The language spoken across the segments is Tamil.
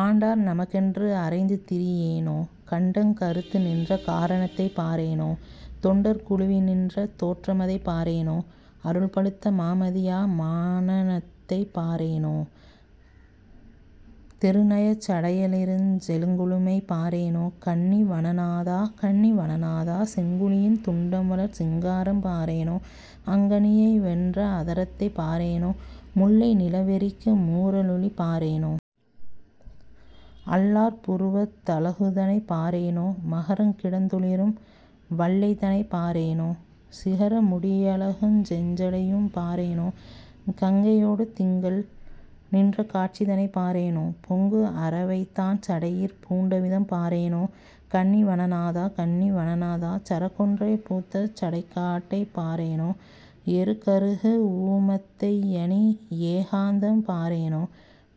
ஆண்டார் நமக்கென்று அறைந்து திரியேனோ! கண்டங் கறுத்துநின்ற காரணத்தைப் பாரேனோ! தொண்டர் குழுவினின்ற தோற்றமதைப் பாரேனோ! அருள்பழுத்த மாமதியா மானனத்தைப் பாரேனோ! திருநயனச் சடையளிருஞ் செழுங்கொழுமை பாரேனோ! கன்னி வனநாதா! கன்னி வனநாதா! செங்குழியின் துண்டம்வளர் சிங்காரம் பாரேனோ? அங்கனியை வென்ற அதரத்தைப் பாரேனோ! முல்லை நிலவெறிக்கு மூரலொளி பாரேனோ! அல்லார் புருவத் தழகுதனைப் பாரேனோ! மகரங் கிடந்தொளிரும் வள்ளைதனைப் பாரேனோ! சிகர முடியழகுஞ் செஞ்சடையும் பாரேனோ! கங்கையோடு திங்கள் நின்றகாட்சிதனைப் பாரேனோ! பொங்கு அரவைத்தான்சடையிற் பூண்டவிதம் பாரேனோ கன்னி வனநாதா! கன்னி வனநாதா! சரக்கொன்றை பூத்த சடைக்காட்டைப் பாரேனோ; எருக்கறுகு ஊமத்தையணி யேகாந்தம் பாரேனோ!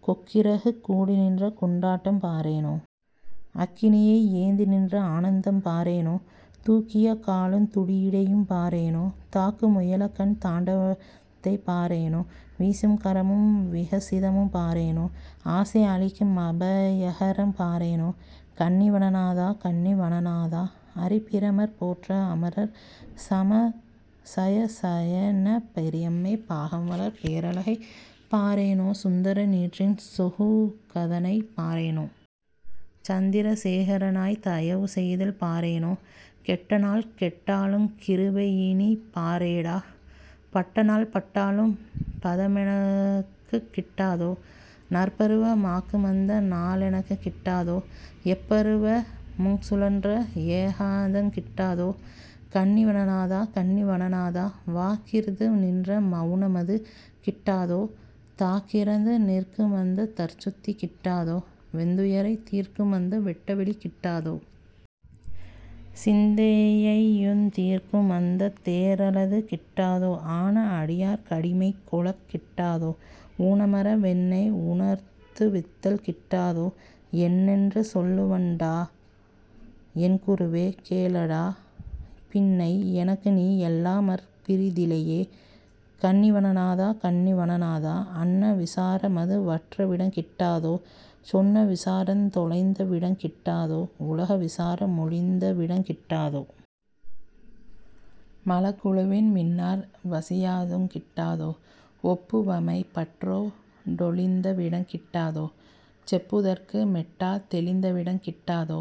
கொக்கிறகுக் கூடிநின்ற கொண்டாட்டம் பாரேனோ! அக்கினியை யேந்திநின்ற ஆனந்தம் பாரேனோ! தூக்கிய காலுந் துடியிடையும் பாரேனோ! தாக்கு முயலகன் தாண்டவத்தைப் பாரேனோ! வீசும் கரமும் விகசிதமும் பாரேனோ! ஆசை அளிக்கு மபயகரம் பாரேனோ! கன்னி வனநாதா! கன்னி வனநாதா! அரிபிரமர் போற்ற அமரர் சயசயெனப் பெரியம்மை பாகம்வளர் பேரழகைப் பாரேனோ! சுந்தர நீற்றின் சொகுகதனைப் பாரேனோ! சந்திர சேகரனாய்த் தயவுசெய்தல் பாரேனோ! கெட்டநாள் கெட்டாலுங் கிருபையினிப் பாரேடா! பட்டநாள் பட்டாலும் பதமெனக்குக் கிட்டாதோ? நற்பருவ மாக்குமந்த நாளெனக்குக் கிட்டாதோ? எப்பருவ முங்சுழன்ற ஏகாந்தங் கிட்டாதோ? கன்னி வனநாதா! கன்னி வனநாதா! வாக்கிற்து நின்ற மவுனமது கிட்டாதோ? தாக்கிறந்து நிற்குமந்தத் தற்சுத்தி கிட்டாதோ? வெந்துயரைத் தீர்க்குமந்த வெட்டவெளி கிட்டாதோ? சிந்தையையுந் தீர்க்குமந்தத் தேறலது கிட்டாதோ? ஆன அடியார்க் கடிமைகொளக் கிட்டாதோ? ஊனமற வென்னை வுணர்த்துவித்தல் கிட்டாதோ? என்னென்று சொல்லுவண்டா? என்குருவே? கேளேடா! பின்னை எனக்குநீ யல்லாமற் பிறிதிலையே. கன்னி வனநாதா! கன்னி வனநாதா! அன்ன விசாரமது வற்றவிடங் கிட்டாதோ? சொன்ன விசாரந் தொலைந்தவிடங் கிட்டாதோ? உலக விசார மொழிந்தவிடங் கிட்டாதோ? மலக்குழுவின் மின்னார் வசியாதுங் கிட்டாதோ? ஒப்புவமை பற்றோ டொழிந்தவிடங் கிட்டாதோ? செப்புதற்கு மெட்டா தெளிந்தவிடங் கிட்டாதோ?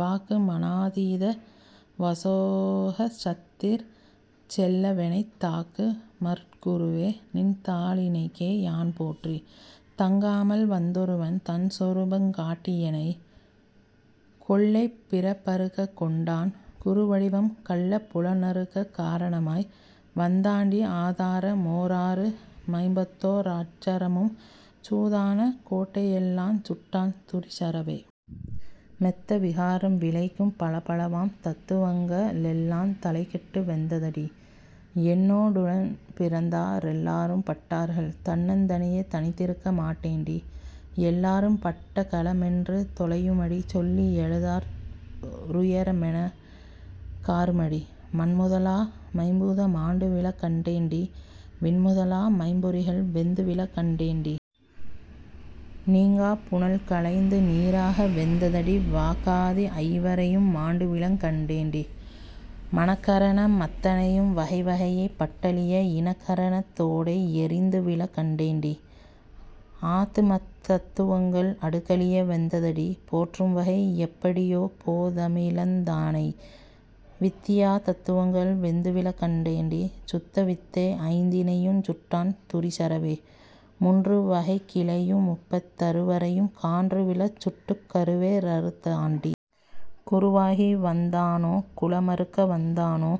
வாக்கு மனாதீத வசோகசத்திற் செல்லவெனைத் தாக்கு மருட்குருவே, நின்தாளிணைக்கே யான்போற்றி. தங்காமல் வந்தொருவன் தன்சொரூபங் காட்டியெனை. கொள்ளைப் பிறப்பறுக்கக் கொண்டான் குருவடிவம் கள்ளப் புலனறுக்கக் காரணமாய் வந்தாண்டி ஆதார மோராறு மைம்பத்தோ ரட்சரமும் சூதான கோட்டையெல்லாஞ் சுட்டான் துரிசறவே. மெத்த விகாரம் விளைக்கும் பலபலவாம் தத்துவங்க ளெல்லாந் தலைகெட்டு வெந்ததடி. என்னோ டுடன்பிறந்தா ரெல்லாரும் பட்டார்கள்; தன்னந் தனியே தனித்திருக்க மாட்டேண்டி. எல்லாரும் பட்டகள மென்று தொலையுமடி சொல்லி யழுதாற் றுயரமனெக் காறுமடி. மண்முதலா மைம்பூத மாண்டுவிழக் கண்டேண்டி! விண்முதலா மைம்பொறிகள் வெந்து விழக் கண்டேண்டி. நீங்காப் புனல்களைந்து நீறாக வெந்ததடி வாக்காதி ஐவரையும் மாண்டுவிழங் கண்டேண்டி. மனக்கரண மத்தனையும் வகைவகையே பட்டழிய இனக்கரணத் தோடே யெரிந்துவிழக் கண்டேண்டி. ஆத்துமத் தத்துவங்கள் அடுக்கழிய வெந்ததடி! போற்றும்வகை யெப்படியோ போதமிழந் தானை. வித்தியா தத்துவங்கள் வெந்துவிழக் கண்டேண்டி! சுத்தவித்தை ஐந்தினையுஞ் சுட்டான் துரிசறவே. முன்று வகைக்கிளையு முப்பத் தறுவரையும் கான்றுவிழச் சுட்டுக் கருவே ரறுத்தாண்டி. குருவாகி வந்தானோ? குலமறுக்க வந்தானோ?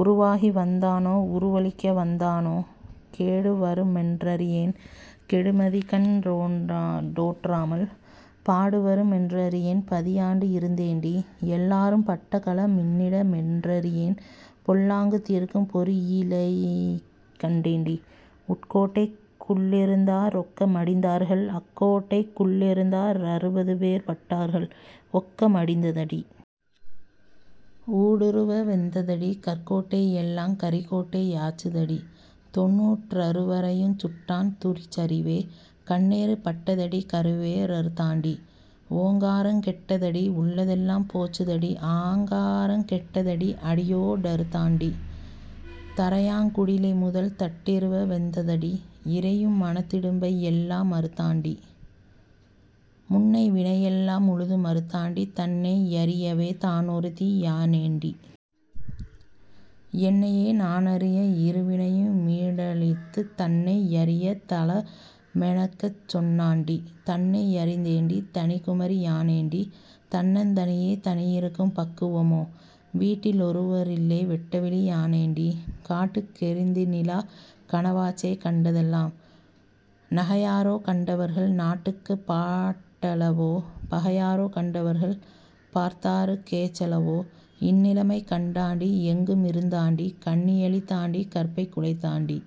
உருவாகி வந்தானோ? உருவழிக்க வந்தானோ? கேடுவரு மென்றறியேன், கெடுமதிகண் டோற்றாமல் பாடுவரு மென்றறியேன், பதியாண்டு இருந்தேண்டி. எல்லாரும் பட்டகள மின்னிட மென்றறியேன்; பொல்லாங்கு தீர்க்கும் பொறியிலியைக் கண்டேண்டி. உட்கோட்டைக் குள்ளிருந்தா ரொக்க மடிந்தார்கள், அக்கோட்டைக் குள்ளிருந்தா ரறுபதுபேர் பட்டார்கள். ஒக்க மடிந்ததடி! ஊடுருவ வெந்ததடி! கற்கோட்டை யெல்லாங் கரிக்கோட்டை யாச்சுதடி. தொண்ணூற் றறுவரையுஞ் சுட்டான் துரிசறிவே கண்ணேறு பட்டதடி கருவே ரறுத்தாண்டி. ஓங்காரங் கெட்டதடி, உள்ளதெல்லாம் போச்சுதடி ஆங்காரங் கெட்டதடி, அடியோ டறுத்தாண்டி. தரையாங் குடிலைமுதல் தட்டிருவ வெந்ததடி! இரையு மனத்திடும்பை யெல்லா மறுத்தாண்டி. முன்னை வினையெல்லா முழுது மறுத்தாண்டி தன்னை யறியவே தானொருத்தி யானேண்டி. என்னையே நானறிய இருவினையு மீடழித்துத் தன்னை யறியத் தலமெனக்குச் சொன்னாண்டி. தன்னை யறிந்தேண்டி! தனிக்குமரி யானேண்டி! தன்னந் தனியே தனியிருக்கும் பக்குவமோ. வீட்டி லொருவரில்லை வெட்டவெளி யானேண்டி! காட்டுக் கெறித்திநிலா கனவாச்சே கண்டதெல்லாம். நகையாரோ கண்டவர்கள்? நாட்டுக்குப் பாட்டலவோ? பகையாரோ கண்டவர்கள்? பார்த்தாருக் கேச்சலவோ? இந்நிலமை கண்டாண்டி, எங்கு மிருந்தாண்டி! கன்னி யழித்தாண்டி, கற்பைக் குலைத்தாண்டி.।